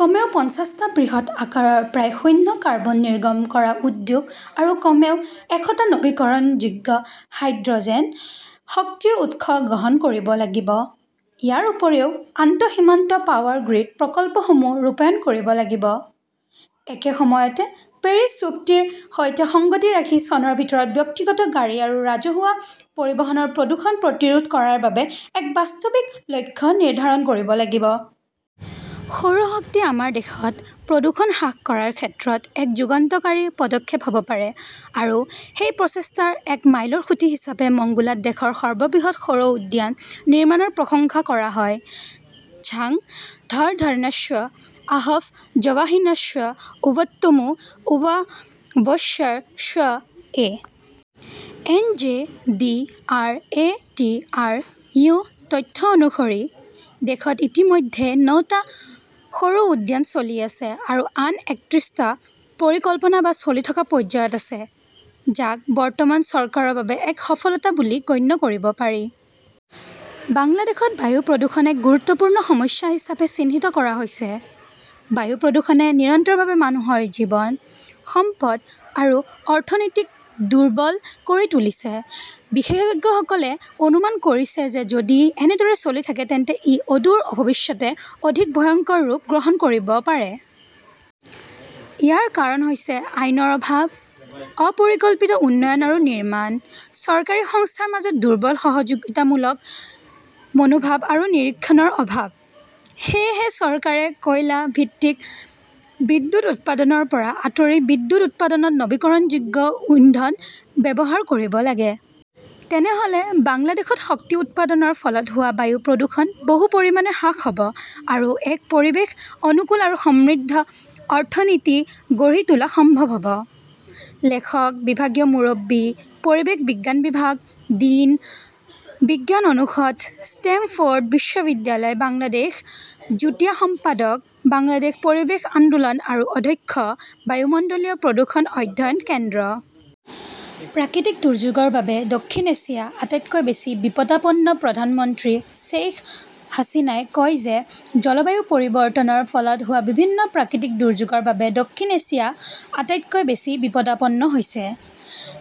কমেও পঞ্চাছটা বৃহৎ আকাৰৰ প্ৰায় শূন্য কাৰ্বন নিৰ্গম কৰা উদ্যোগ আৰু কমেও এশটা নৱীকৰণযোগ্য হাইড্ৰ "জেন শক্তিৰ উৎস গঠন কৰিব লাগিব। ইয়াৰ উপৰিও আন্তঃসীমান্ত পাৱাৰ গ্ৰীড প্ৰকল্পসমূহ ৰূপায়ণ কৰিব লাগিব। একে সময়তে, পেৰিছ চুক্তিৰ সৈতে সংগতি ৰাখি চনৰ ভিতৰত ব্যক্তিগত গাড়ী আৰু ৰাজহুৱা পৰিবহণৰ প্ৰদূষণ প্ৰতিৰোধ কৰাৰ বাবে এক বাস্তৱিক লক্ষ্য নিৰ্ধাৰণ কৰিব লাগিব। সৌৰ শক্তি আমাৰ দেশত প্ৰদূষণ হ্ৰাস কৰাৰ ক্ষেত্ৰত এক যুগান্তকাৰী পদক্ষেপ হ'ব পাৰে আৰু সেই প্ৰচেষ্টাৰ এক মাইলৰ খুঁটি হিচাপে মংগোলাত দেশৰ সৰ্ববৃহৎ সৌৰ উদ্যান নিৰ্মাণৰ প্ৰশংসা কৰা হয়। ঝাংঃ ধৰ ধৰণশ্বব আহফ জৱাহিনশ্বব উৱৎমু উৱাবশ্বৰশ্ববঃ A. N. J. D. R. A. T. R. U. তথ্য অনুসৰি, দেশত ইতিমধ্যে নটা সৌৰ উদ্যান চলি আছে আৰু আন একত্ৰিছটা পৰিকল্পনা বা চলি থকা পৰ্যায়ত আছে, যাক বৰ্তমান চৰকাৰৰ বাবে এক সফলতা বুলি গণ্য কৰিব পাৰি। বাংলাদেশত বায়ু প্ৰদূষণ এক গুৰুত্বপূৰ্ণ সমস্যা হিচাপে চিহ্নিত কৰা হৈছে। বায়ু প্ৰদূষণে নিৰন্তৰভাৱে মানুহৰ জীৱন, সম্পদ আৰু অৰ্থনীতিক দুৰ্বল কৰি তুলিছে, বিশেষজ্ঞসকলে অনুমান কৰিছে যে যদি এনেদৰে চলি থাকে তেন্তে ই অদূৰ ভৱিষ্যতে অধিক ভয়ংকৰ ৰূপ গ্ৰহণ কৰিব পাৰে। ইয়াৰ কাৰণ হৈছে আইনৰ অভাৱ, অপৰিকল্পিত উন্নয়ন আৰু নিৰ্মাণ, চৰকাৰী সংস্থাৰ মাজত দুৰ্বল সহযোগিতামূলক মনোভাৱ আৰু নিৰীক্ষণৰ অভাৱ। সেয়েহে চৰকাৰে কয়লা ভিত্তিক বিদ্যুৎ উৎপাদনৰ পৰা আঁতৰি বিদ্যুৎ উৎপাদনত নৱীকৰণযোগ্য ইন্ধন ব্যৱহাৰ কৰিব লাগে। তেনেহ 'লে বাংলাদেশত শক্তি উৎপাদনৰ ফলত হোৱা বায়ু প্ৰদূষণ বহু পৰিমাণে হ্ৰাস হ'ব আৰু এক পৰিৱেশ অনুকূল আৰু সমৃদ্ধ অৰ্থনীতি গঢ়ি তোলা সম্ভৱ হ'ব। লেখক, বিভাগীয় মুৰব্বী, পৰিৱেশ বিজ্ঞান বিভাগ, ডিন, বিজ্ঞান অনুষদ, ষ্টেমফৰ্ড বিশ্ববিদ্যালয় বাংলাদেশ, যুটীয়া সম্পাদক, বাংলাদেশ পৰিৱেশ আন্দোলন আৰু অধ্যক্ষ, বায়ুমণ্ডলীয় প্ৰদূষণ অধ্যয়ন কেন্দ্ৰ। প্ৰাকৃতিক দুৰ্যোগৰ বাবে দক্ষিণ এছিয়া আটাইতকৈ বেছি বিপদাপন্নপ্ৰধানমন্ত্ৰী শ্বেইখ হাছিনাই কয় যে জলবায়ু পৰিৱৰ্তনৰ ফলত হোৱা বিভিন্ন প্ৰাকৃতিক দুৰ্যোগৰ বাবে দক্ষিণ এছিয়া আটাইতকৈ বেছি বিপদাপন্ন হৈছে।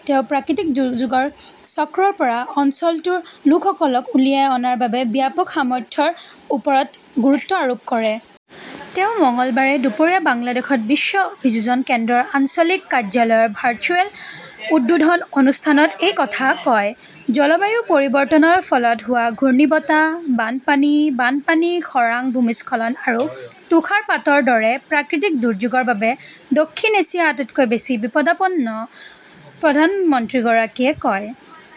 তেওঁ প্ৰাকৃতিক দুৰ্যোগৰ চক্ৰৰ পৰা অঞ্চলটোৰ লোকসকলক উলিয়াই অনাৰ বাবে ব্যাপক সামৰ্থ্যৰ ওপৰত গুৰুত্ব আৰোপ কৰে। তেওঁ মঙলবাৰে দুপৰীয়া বাংলাদেশত বিশ্ব অভিযোজন কেন্দ্ৰৰ আঞ্চলিক কাৰ্যালয়ৰ ভাৰ্চুৱেল উদ্বোধন অনুষ্ঠানত এই কথা কয়। "জলবায়ু পৰিৱৰ্তনৰ ফলত হোৱা ঘূৰ্ণীবতাহ, বানপানী, বানপানী, খৰাং, ভূমিস্খলন আৰু তুষাৰপাতৰ দৰে প্ৰাকৃতিক দুৰ্যোগৰ বাবে দক্ষিণ এছিয়া আটাইতকৈ বেছি বিপদাপন্ন", প্ৰধানমন্ত্ৰীগৰাকীয়ে কয়।